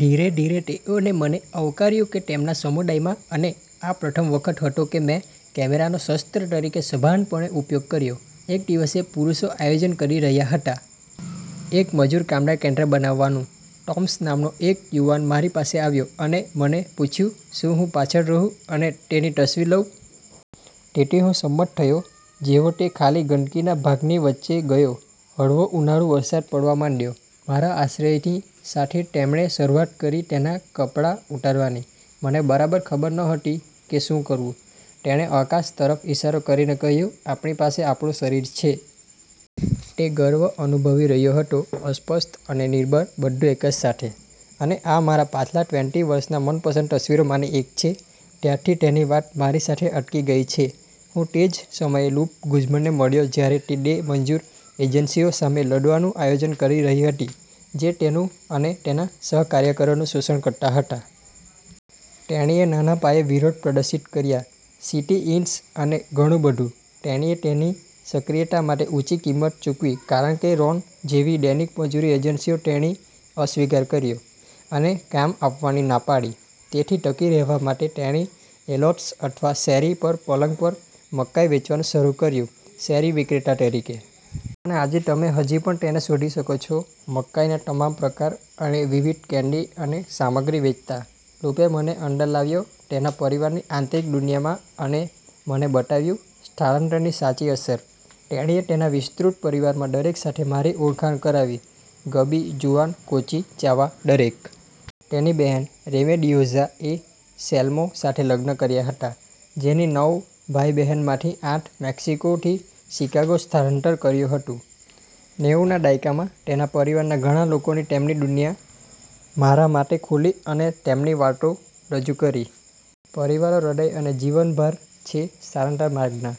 ધીરે ધીરે તેઓએ મને આવકાર્યું તેમના સમુદાયમાં. અને આ પ્રથમ વખત હતો કે મેં કેમેરાનો શસ્ત્ર તરીકે સભાનપણે ઉપયોગ કર્યો. એક દિવસ, પુરુષો આયોજન કરી રહ્યા હતા એક મજૂર કામદાર કેન્દ્ર બનાવવાનું. ટોમ્સ નામનો એક યુવાન મારી પાસે આવ્યો અને મને પૂછ્યું, "શું હું પાછળ રહું અને તેની તસ્વીર લઉં?" તેથી હું સંમત થયો. જેવો તે ખાલી ગંદકીના ભાગની વચ્ચે ગયો, હળવો ઉનાળુ વરસાદ પડવા માંડ્યો. મારા આશ્ચર્યની સાથે તેમણે શરૂઆત કરી તેના કપડાં ઉતારવાની. મને બરાબર ખબર નહોતી કે શું કરવું. તેણે આકાશ તરફ ઇશારો કરીને કહ્યું, "આપણી પાસે આપણું શરીર છે." તે ગર્વ અનુભવી રહ્યો હતો અસ્પષ્ટ અને નિર્બળ, બધું એક સાથે. અને આ મારા પાછલા ટ્વેન્ટી વર્ષનાં મનપસંદ તસ્વીરોમાંની એક છે. ત્યારથી તેની વાત મારી સાથે અટકી ગઈ છે. હું તે જ સમયે લૂપે ગુઝમનને મળ્યો જ્યારે તે ડે મજૂર એજન્સીઓ સામે લડવાનું આયોજન કરી રહી હતી જે તેનું અને તેના સહકાર્યકરોનું શોષણ કરતા હતા. તેણીએ નાના પાયે વિરોધ પ્રદર્શિત કર્યા, સિટી-ઇન્સ અને ઘણું બધું. તેણીએ તેની સક્રિયતા માટે ઉંચી કિંમત ચૂકવી કારણ કે રોન જેવી દૈનિક મજૂર એજન્સીઓ તેણીનો અસ્વિકાર કર્યો અને કામ આપવાની ના પાડી. તેથી ટકી રહેવા માટે તેણી એલોટ્સ અથવા શેરી પર પલંગ પર મકાઈ વેચવાનું શરૂ કર્યું શેરી વિક્રેતા તરીકે. અને આજે તમે હજી પણ તેને શોધી શકો છો મકાઈના તમામ પ્રકાર અને વિવિધ કેન્ડી અને સામગ્રીને વેચતા. લૂપે મને અંદર લાવ્યો તેના પરિવારની આંતરિક દુનિયામાં અને મને બતાવ્યું સ્થળાંતરની સાચી અસર. તેણીએ તેના વિસ્તૃત પરિવારમાં દરેક સાથે મારી ઓળખાણ કરાવી, ગબી, જુઆન, કોંચી, ચાવા, દરેક. તેની બહેન રેમેડિઓઝ। એ એંસેલ્મો સાથે લગ્ન કર્યા હતા જેની નવ ભાઇ બહેનોમાંથી આઠ મેક્સિકોથી શિકાગો સ્થળાંતર કર્યું હતું નેવુંના દાયકામાં. તેના પરિવારના ઘણા લોકોએ તેમની દુનિયા મારા માટે ખોલી અને તેમની વાર્તાઓ રજૂ કરી. પરિવારો હૃદય અને જીવનભાર છે સ્થળાંતર માર્ગના.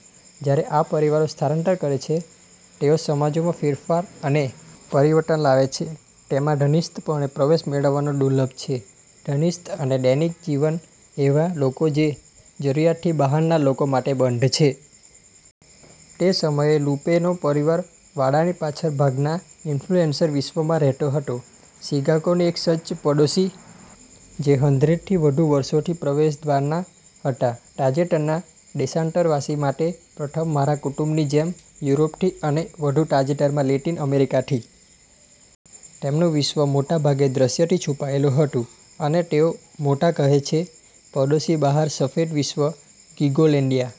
જ્યારે આ પરિવારો સ્થળાંતર કરે છે, તેઓ સમાજોમાં ફેરફાર અને પરિવર્તન લાવે છે. તેમાં ઘનિષ્ઠપણે પ્રવેશ મેળવવો દુર્લભ છે. ઘનિષ્ઠ અને દૈનિક જીવન એવા લોકોના કે જે જરૂરીયાતથી બહારના લોકો માટે બંધ છે. તે સમયે, લુપેનો પરિવાર વાડાની પાછળના ભાગમાં ઇન્સ્યુલર વિશ્વમાં રહેતો હતો, શિકાગોના એક સજ્જડ પડોશી, જે હન્ડ્રેડ થી વધુ વર્ષોથી પ્રવેશના દ્વાર હતા તાજેતરના દેશાંતરવાસી માટે. પ્રથમ, મારા કુટુંબની જેમ, યુરોપથી, અને વધુ તાજેતરમાં, લેટિન અમેરિકાથી. તેમનું વિશ્વ મોટા ભાગે દૃશ્યથી છુપાયેલું હતું. અને તેઓ મોટા કહે છે, "પડોશી બહાર સફેદ વિશ્વ ગ્રિંગોલેન્ડિયા."